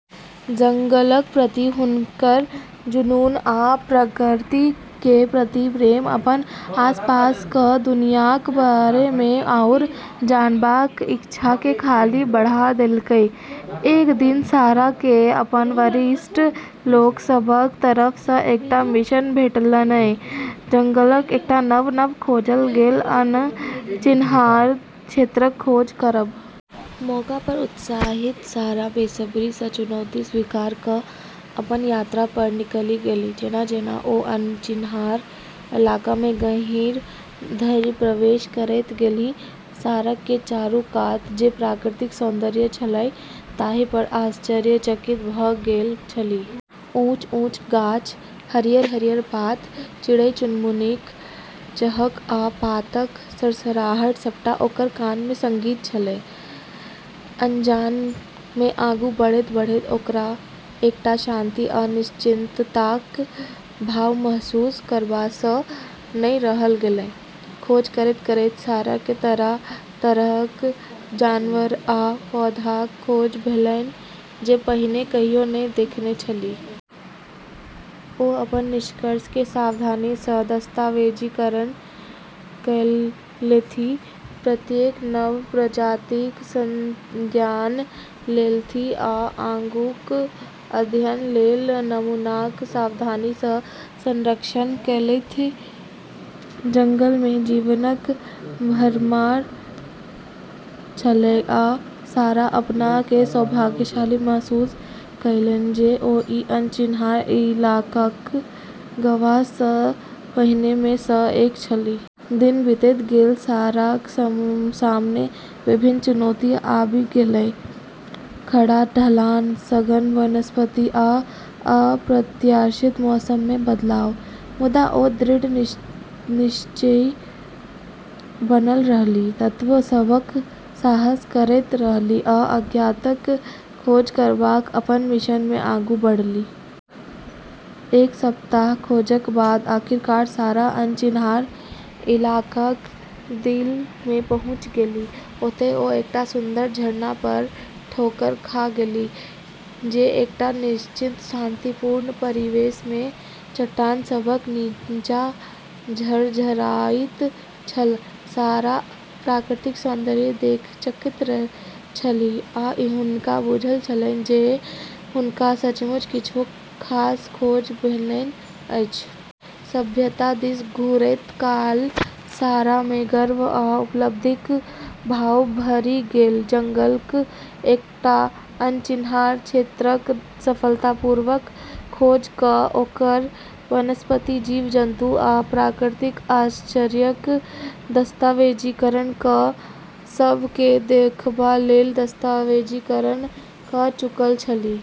जंगलक प्रति हुनकर जुनून आ प्रकृति केँ प्रति प्रेम अपन आसपासक दुनियाक बारे मे आउर जानबाक इच्छा केँ खाली बढ़ा देलकै। एक दिन सारा केँ अपन वरिष्ठ लोक सभक तरफ सँ एकटा मिशन भेटलैन: जंगलक एकटा नव-नव खोजल गेल, अनचिन्हार क्षेत्रक खोज करब। मौका पर उत्साहित सारा बेसब्री सँ चुनौती स्वीकार कऽ अपन यात्रा पर निकलि गेलीह। जेना-जेना ओ अनचिन्हार इलाका मे गहींर धरि प्रवेश करैत गेलीह, सारा केँ चारू कात जे प्राकृतिक सौन्दर्य छलैक ताहि पर आश्चर्यचकित भऽ गेल छलीह। ऊँच-ऊँच गाछ, हरियर-हरियर पात, चिड़ै-चुनमुनीक चहक आ पातक सरसराहट सबटा ओकर कान मे संगीत छलैक। अनजान मे आगू बढ़ैत-बढ़ैत ओकरा एकटा शांति आ निश्चिन्तताक भाव महसूस करबा सँ नहि रहल गेलैक। खोज करैत-करैत सारा केँ तरह-तरहक जानवर आ पौधाक खोज भेलैन जे पहिने कहियो नहि देखने छलीह। ओ अपन निष्कर्ष केँ सावधानी सँ दस्तावेजीकरण कएलथि, प्रत्येक नव प्रजातिक संज्ञान लेलथि आ आगूक अध्ययन लेल नमूनाक सावधानी सँ संरक्षण कएलथि। जंगल मे जीवनक भरमार छलैक, आ सारा अपना केँ सौभाग्यशाली महसूस कएलनि जे ओ ई अनचिन्हार इलाकाक गवाह सब सँ पहिने मे सँ एक छलीह। दिन बीतैत गेल, साराक सामने विभिन्न चुनौती आबि गेलैन, खड़ा ढलान, सघन वनस्पति, आ अप्रत्याशित मौसम मे बदलाव। मुदा ओ दृढ़ निश्चयी बनल रहलीह, तत्व सभक साहस करैत रहलीह आ अज्ञातक खोज करबाक अपन मिशन मे आगू बढ़लीह। एक सप्ताहक खोजक बाद आखिरकार सारा अनचिन्हार इलाकाक दिल मे पहुँची गेलीह। ओतय ओ एकटा सुन्दर झरना पर ठोकर खा गेलीह, जे एकटा निश्चिंत, शांतिपूर्ण परिवेश मे चट्टान सभक नीचाँ झरझराइत छल। सारा प्राकृतिक सौन्दर्य देखि चकित छलीह, आ हुनका बुझल छलनि जे हुनका सचमुच किछु खास खोज भेलैन अछि। सभ्यता दिस घुरैत काल सारा मे गर्व आ उपलब्धिक भाव भरि गेल। जंगलक एकटा अनचिन्हार क्षेत्रक सफलतापूर्वक खोज कऽ ओकर वनस्पति, जीव-जन्तु आ प्राकृतिक आश्चर्यक दस्तावेजीकरण कऽ सब केँ देखबा लेल दस्तावेजीकरण कऽ चुकल छलीह।